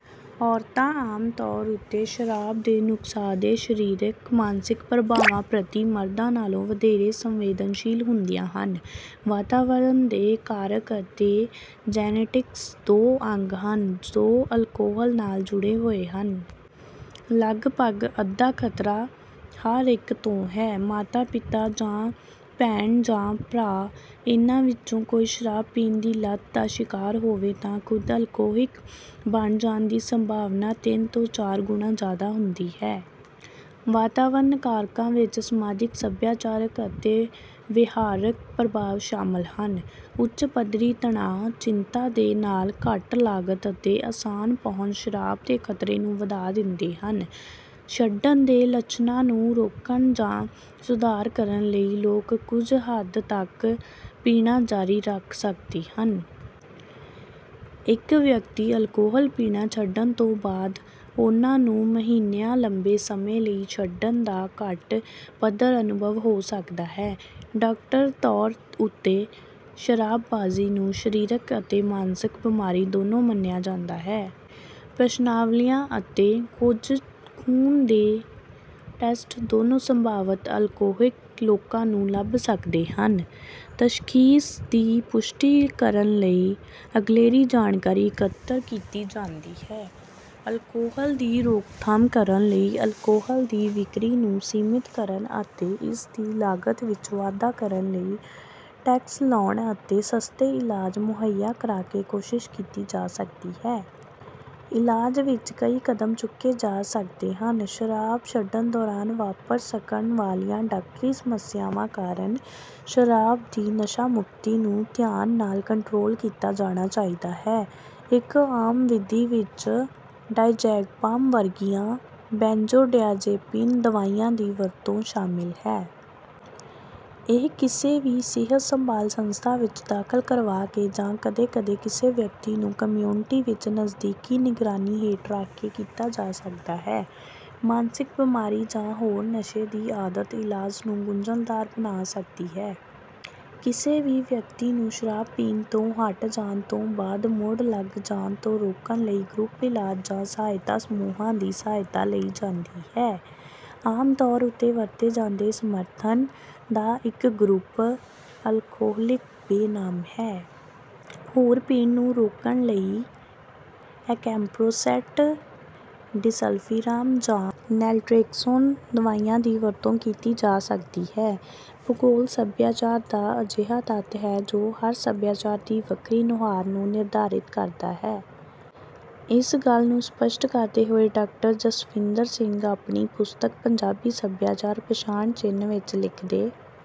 ਔਰਤਾਂ ਆਮ ਤੌਰ ਉੱਤੇ ਸ਼ਰਾਬ ਦੇ ਨੁਕਸਾਨਦੇਹ ਸ਼ਰੀਰਕ ਅਤੇ ਮਾਨਸਿਕ ਪ੍ਰਭਾਵਾਂ ਪ੍ਰਤੀ ਮਰਦਾਂ ਨਾਲੋਂ ਵਧੇਰੇ ਸੰਵੇਦਨਸ਼ੀਲ ਹੁੰਦੀਆਂ ਹਨ। ਵਾਤਾਵਰਣ ਦੇ ਕਾਰਕ ਅਤੇ ਜੈਨੇਟਿਕਸ ਦੋ ਅੰਗ ਹਨ ਜੋ ਅਲਕੋਹਲ ਨਾਲ ਜੁੜੇ ਹੋਏ ਹਨ। ਲੱਗਭੱਗ ਅੱਧਾ ਖਤਰਾ ਹਰ ਇੱਕ ਤੋਂ ਹੈ। ਮਾਤਾ ਪਿਤਾ ਜਾਂ ਭੈਣ ਜਾਂ ਭਰਾ ਇਨ੍ਹਾਂ ਵਿੱਚੋਂ ਕੋਈ ਸ਼ਰਾਬ ਪੀਣ ਦੀ ਲਤ ਦਾ ਸ਼ਿਕਾਰ ਹੋਵੇ ਤਾਂ ਖੁਦ ਅਲਕੋਹਲਿਕ ਬਣ ਜਾਣ ਦੀ ਸੰਭਾਵਨਾ ਤਿੰਨ ਤੋਂ ਚਾਰ ਗੁਣਾ ਜ਼ਿਆਦਾ ਹੁੰਦੀ ਹੈ। ਵਾਤਾਵਰਨ ਕਾਰਕਾਂ ਵਿੱਚ ਸਮਾਜਿਕ, ਸੱਭਿਆਚਾਰਕ ਅਤੇ ਵਿਹਾਰਕ ਪ੍ਰਭਾਵ ਸ਼ਾਮਲ ਹਨ। ਉੱਚ ਪੱਧਰੀ ਤਣਾਅ, ਚਿੰਤਾ, ਦੇ ਨਾਲ ਘੱਟ ਲਾਗਤ ਅਤੇ ਆਸਾਨ ਪਹੁੰਚ ਸ਼ਰਾਬ ਦੇ ਖਤਰੇ ਨੂੰ ਵਧਾ ਦਿੰਦੇ ਹਨ। ਛੱਡਣ ਦੇ ਲੱਛਣਾਂ ਨੂੰ ਰੋਕਣ ਜਾਂ ਸੁਧਾਰ ਕਰਨ ਲਈ ਲੋਕ ਕੁਝ ਹੱਦ ਤੱਕ ਪੀਣਾ ਜਾਰੀ ਰੱਖ ਸਕਦੇ ਹਨ। ਇੱਕ ਵਿਅਕਤੀ ਅਲਕੋਹਲ ਪੀਣਾ ਛੱਡਣ ਤੋਂ ਬਾਅਦ, ਉਹਨਾਂ ਨੂੰ ਮਹੀਨਿਆਂ ਲੰਬੇ ਸਮੇਂ ਲਈ ਛੱਡਣ ਦਾ ਘੱਟ ਪੱਧਰ ਦਾ ਅਨੁਭਵ ਹੋ ਸਕਦਾ ਹੈ। ਡਾਕਟਰੀ ਤੌਰ ਉੱਤੇ ਸ਼ਰਾਬਬਾਜ਼ੀ ਨੂੰ ਸਰੀਰਕ ਅਤੇ ਮਾਨਸਿਕ ਬਿਮਾਰੀ ਦੋਨੋਂ ਮੰਨਿਆ ਜਾਂਦਾ ਹੈ। ਪ੍ਰਸ਼ਨਾਵਲੀਆਂ ਅਤੇ ਕੁਝ ਖੂਨ ਦੇ ਟੈਸਟ ਦੋਨੋਂ ਸੰਭਾਵਤ ਅਲਕੋਹਲਿਕ ਲੋਕਾਂ ਨੂੰ ਲੱਭ ਸਕਦੇ ਹਨ। ਤਸ਼ਖ਼ੀਸ ਦੀ ਪੁਸ਼ਟੀ ਕਰਨ ਲਈ ਅਗਲੇਰੀ ਜਾਣਕਾਰੀ ਇਕੱਤਰ ਕੀਤੀ ਜਾਂਦੀ ਹੈ। ਅਲਕੋਹਲ ਦੀ ਰੋਕਥਾਮ ਕਰਨ ਲਈ ਅਲਕੋਹਲ ਦੀ ਵਿਕਰੀ ਨੂੰ ਸੀਮਿਤ ਕਰਨ ਅਤੇ ਇਸਦੀ ਲਾਗਤ ਵਿੱਚ ਵਾਧਾ ਕਰਨ ਲਈ ਟੈਕਸ ਲਾਉਣ ਅਤੇ ਸਸਤੇ ਇਲਾਜ ਮੁਹੱਈਆ ਕਰਾ ਕੇ ਕੋਸ਼ਿਸ਼ ਕੀਤੀ ਜਾ ਸਕਦੀ ਹੈ। ਇਲਾਜ ਵਿੱਚ ਕਈ ਕਦਮ ਚੁੱਕੇ ਜਾ ਸਕਦੇ ਹਨ। ਸ਼ਰਾਬ ਛੱਡਣ ਦੌਰਾਨ ਵਾਪਰ ਸਕਣ ਵਾਲੀਆਂ ਡਾਕਟਰੀ ਸਮੱਸਿਆਵਾਂ ਕਾਰਨ, ਸ਼ਰਾਬ ਦੀ ਨਸ਼ਾਮੁਕਤੀ ਨੂੰ ਧਿਆਨ ਨਾਲ ਕੰਟਰੋਲ ਕੀਤਾ ਜਾਣਾ ਚਾਹੀਦਾ ਹੈ। ਇੱਕ ਆਮ ਵਿਧੀ ਵਿੱਚ ਡਾਇਜ਼ੈਗਪਾਮ ਵਰਗੀਆਂ ਬੈਂਜੋਡਿਆਜ਼ੇਪਿਨ ਦਵਾਈਆਂ ਦੀ ਵਰਤੋਂ ਸ਼ਾਮਲ ਹੈ। ਇਹ ਕਿਸੇ ਵੀ ਸਿਹਤ ਸੰਭਾਲ ਸੰਸਥਾ ਵਿੱਚ ਦਾਖਲ ਕਰਵਾ ਕੇ ਜਾਂ ਕਦੇ-ਕਦੇ ਕਿਸੇ ਵਿਅਕਤੀ ਨੂੰ ਕਮਿਊਨਿਟੀ ਵਿੱਚ ਨਜ਼ਦੀਕੀ ਨਿਗਰਾਨੀ ਹੇਠ ਰੱਖ ਕੇ ਕੀਤਾ ਜਾ ਸਕਦਾ ਹੈ। ਮਾਨਸਿਕ ਬਿਮਾਰੀ ਜਾਂ ਹੋਰ ਨਸ਼ੇ ਦੀ ਆਦਤ ਇਲਾਜ ਨੂੰ ਗੁੰਝਲਦਾਰ ਬਣਾ ਸਕਦੀ ਹੈ। ਕਿਸੇ ਵੀ ਵਿਅਕਤੀ ਨੂੰ ਸ਼ਰਾਬ ਪੀਣ ਤੋਂ ਹੱਟ ਜਾਣ ਤੋਂ ਬਾਅਦ ਮੁੜ ਲੱਗ ਜਾਣ ਤੋਂ ਰੋਕਣ ਲਈ ਗਰੁੱਪ ਇਲਾਜ ਜਾਂ ਸਹਾਇਤਾ ਸਮੂਹਾਂ ਦੀ ਸਹਾਇਤਾ ਲਈ ਜਾਂਦੀ ਹੈ। ਆਮ ਤੌਰ ਉੱਤੇ ਵਰਤੇ ਜਾਂਦੇ ਸਮਰਥਨ ਦਾ ਇੱਕ ਗਰੁੱਪ ਅਲਕੋਹਲਿਕ ਬੇਨਾਮ ਹੈ। ਹੋਰ ਪੀਣ ਨੂੰ ਰੋਕਣ ਲਈ ਐਕੈਮਪਰੋਸੈਟ, ਡਿਸਲਫ਼ੀਰਾਮ, ਜਾਂ ਨੈਲਟਰੇਕਸੋਨ ਦਵਾਈਆਂ ਦੀ ਵਰਤੋਂ ਵੀ ਕੀਤੀ ਜਾ ਸਕਦੀ ਹੈ। ਭੂਗੋਲ ਸਭਿਆਚਾਰ ਦਾ ਅਜਿਹਾ ਤੱਤ ਹੈ, ਜੋ ਹਰ ਸਭਿਆਚਾਰ ਦੀ ਵੱਖਰੀ ਨੁਹਾਰ ਨੂੰ ਨਿਰਧਾਰਿਤ ਕਰਦਾ ਹੈ। ਇਸ ਗੱਲ ਨੂੰ ਸਪਸ਼ਟ ਕਰਦੇ ਹੋਏ ਡਾਕਟਰ ਜਸਵਿੰਦਰ ਸਿੰਘ ਆਪਣੀ ਪੁਸਤਕ ਪੰਜਾਬੀ ਸਭਿਆਚਾਰ ਪਛਾਣ ਚਿੰਨ੍ਹ ਵਿੱਚ ਲਿਖਦੇ